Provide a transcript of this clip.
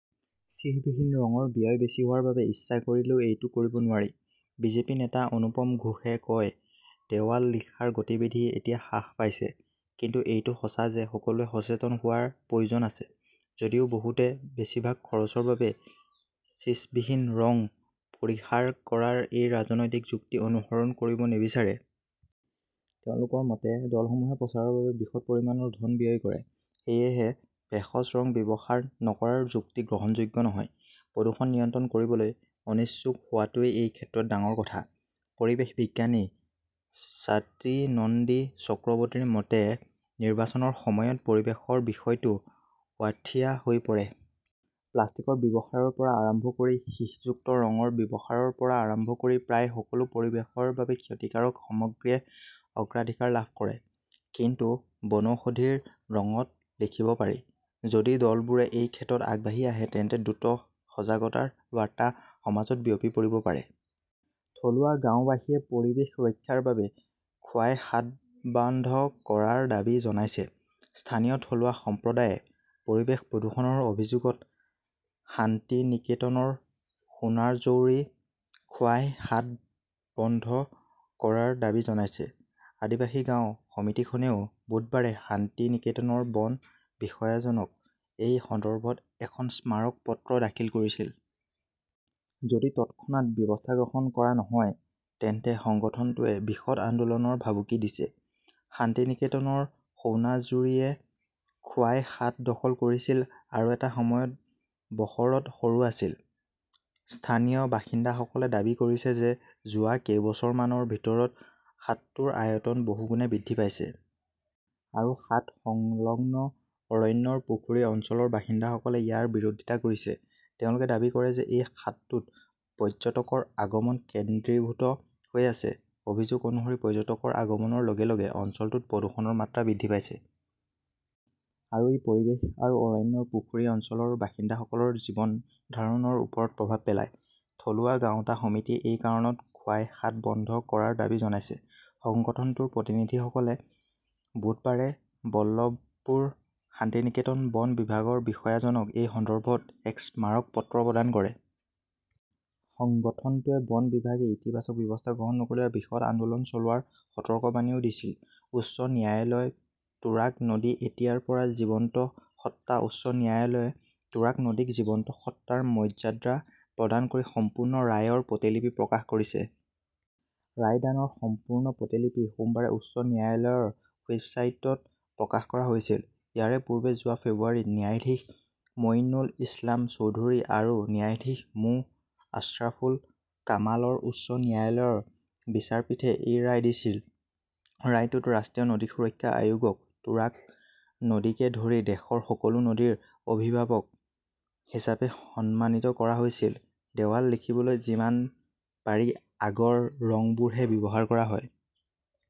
চিসবিহীন ৰঙৰ ব্যয় বেছি হোৱাৰ বাবে ইচ্ছা কৰিলেও এইটো কৰিব নোৱাৰি। বিজেপি নেতা অনুপম ঘোষে কয়, দেৱাল লিখাৰ গতিবিধি এতিয়া হ্ৰাস পাইছে। কিন্তু এইটো সঁচা যে সকলোৱে সচেতন হোৱাৰ প্ৰয়োজন আছে। যদিও বহুতে বেছিভাগ খৰচৰ বাবে ছিচবিহীন ৰং পৰিহাৰ কৰাৰ এই ৰাজনৈতিক যুক্তি অনুসৰণ কৰিব নিবিচাৰে। তেওঁলোকৰ মতে, দলসমূহে প্ৰচাৰৰ বাবে বৃহৎ পৰিমাণৰ ধন ব্যয় কৰে। সেয়েহে, ভেষজ ৰং ব্যৱহাৰ নকৰাৰ যুক্তি গ্ৰহণযোগ্য নহয়। প্ৰদূষণ নিয়ন্ত্ৰণ কৰিবলৈ অনিচ্ছুক হোৱাটোৱেই এই ক্ষেত্ৰত ডাঙৰ কথা। পৰিৱেশ বিজ্ঞানী স্বাতী নন্দী চক্ৰৱৰ্তীৰ মতে, নিৰ্বাচনৰ সময়ত পৰিৱেশৰ বিষয়টো ব্ৰাথিয়া হৈ পৰে। প্লাষ্টিকৰ ব্যৱহাৰৰ পৰা আৰম্ভ কৰি সীহযুক্ত ৰঙৰ ব্যৱহাৰৰ পৰা আৰম্ভ কৰি প্ৰায় সকলো পৰিৱেশৰ বাবে ক্ষতিকাৰক সামগ্ৰীয়ে অগ্ৰাধিকাৰ লাভ কৰে। কিন্তু বনৌষধিৰ ৰঙত লিখিব পাৰি। যদি দলবোৰে এই ক্ষেত্ৰত আগবাঢ়ি আহে তেন্তে দ্ৰুত সজাগতাৰ বাৰ্তা সমাজত বিয়পি পৰিব পাৰে। থলুৱা গাওঁবাসীয়ে পৰিৱেশ ৰক্ষাৰ বাবে খোৱাই হাট বন্ধ কৰাৰ দাবী জনাইছে স্থানীয় থলুৱা সম্প্ৰদায়ে পৰিৱেশ প্ৰদূষণৰ অভিযোগত শান্তিনিকেতনৰ সোনাঝৌৰী খোৱাই হাট বন্ধ কৰাৰ দাবী জনাইছে। আদিবাসী গাঁও সমিতিখনেও বুধবাৰে শান্তিনিকেতনৰ বন বিষয়াজনক এই সন্দৰ্ভত এখন স্মাৰক পত্ৰ দাখিল কৰিছিল। যদি তৎক্ষণাত ব্যৱস্থা গ্ৰহণ কৰা নহয় তেন্তে সংগঠনটোৱে বৃহৎ আন্দোলনৰ ভাবুকি দিছে। শান্তিনিকেতনৰ সোনাঝুৰীয়ে খোৱাই হাট দখল কৰিছিল আৰু এটা সময়ত বহৰত সৰু আছিল। স্থানীয় বাসিন্দাসকলে দাবী কৰিছে যে যোৱা কেইবছৰমানৰ ভিতৰত হাটটোৰ আয়তন বহুগুণে বৃদ্ধি পাইছে। আৰু হাট সংলগ্ন অৰণ্যৰ পুখুৰী অঞ্চলৰ বাসিন্দাসকলে ইয়াৰ বিৰোধিতা কৰিছে। তেওঁলোকে দাবী কৰে যে এই হাটটোত পৰ্যটকৰ আগমন কেন্দ্ৰীভূত হৈ আছে। অভিযোগ অনুসৰি পৰ্যটকৰ আগমনৰ লগে - লগে অঞ্চলটোত প্ৰদূষণৰ মাত্ৰা বৃদ্ধি পাইছে। আৰু ই পৰিৱেশ আৰু অৰণ্যৰ পুখুৰী অঞ্চলৰ বাসিন্দাসকলৰ জীৱন ধাৰণৰ ওপৰত প্ৰভাৱ পেলায়। থলুৱা গাঁওতা সমিতিয়ে এই কাৰণত খোৱাই হাট বন্ধ কৰাৰ দাবী জনাইছে। সংগঠনটোৰ প্ৰতিনিধিসকলে বুধবাৰে বল্লভপুৰ শান্তিনিকেতন বন বিভাগৰ বিষয়াজনক এই সন্দৰ্ভত এক স্মাৰক পত্ৰ প্ৰদান কৰে। সংগঠনটোৱে বন বিভাগে ইতিবাচক ব্যৱস্থা গ্ৰহণ নকৰিলে বৃহৎ আন্দোলন চলোৱাৰ সতৰ্কবাণীও দিছিল। উচ্চ ন্যায়ালয় তুৰাগ নদী এতিয়াৰ পৰা জীৱন্ত সত্তা উচ্চ ন্যায়ালয়ে তুৰাগ নদীক জীৱন্ত সত্তাৰ মৰ্যাদা প্ৰদান কৰি সম্পূৰ্ণ ৰায়ৰ প্ৰতিলিপি প্ৰকাশ কৰিছে। ৰায়দানৰ সম্পূৰ্ণ প্ৰতিলিপি সোমবাৰে উচ্চ ন্যায়ালয়ৰ ৱেবছাইটত প্ৰকাশ কৰা হৈছিল। ইয়াৰ পূৰ্বে যোৱা ফেব্ৰুৱাৰীত ন্যায়াধীশ মঈনুল ইছলাম চৌধুৰী আৰু ন্যায়াধীশ মো. আশ্ৰাফুল কামালৰ উচ্চ ন্যায়ালয়ৰ বিচাৰপীঠে এই ৰায় দিছিল। ৰায়টোত ৰাষ্ট্ৰীয় নদী সুৰক্ষা আয়োগক তুৰাগ নদীকে ধৰি দেশৰ সকলো নদীৰ অভিভাৱক হিচাপে সন্মানিত কৰা হৈছিল। দেৱাল লিখিবলৈ যিমান পাৰি আগৰ ৰংবোৰহে ব্যৱহাৰ কৰা হয়।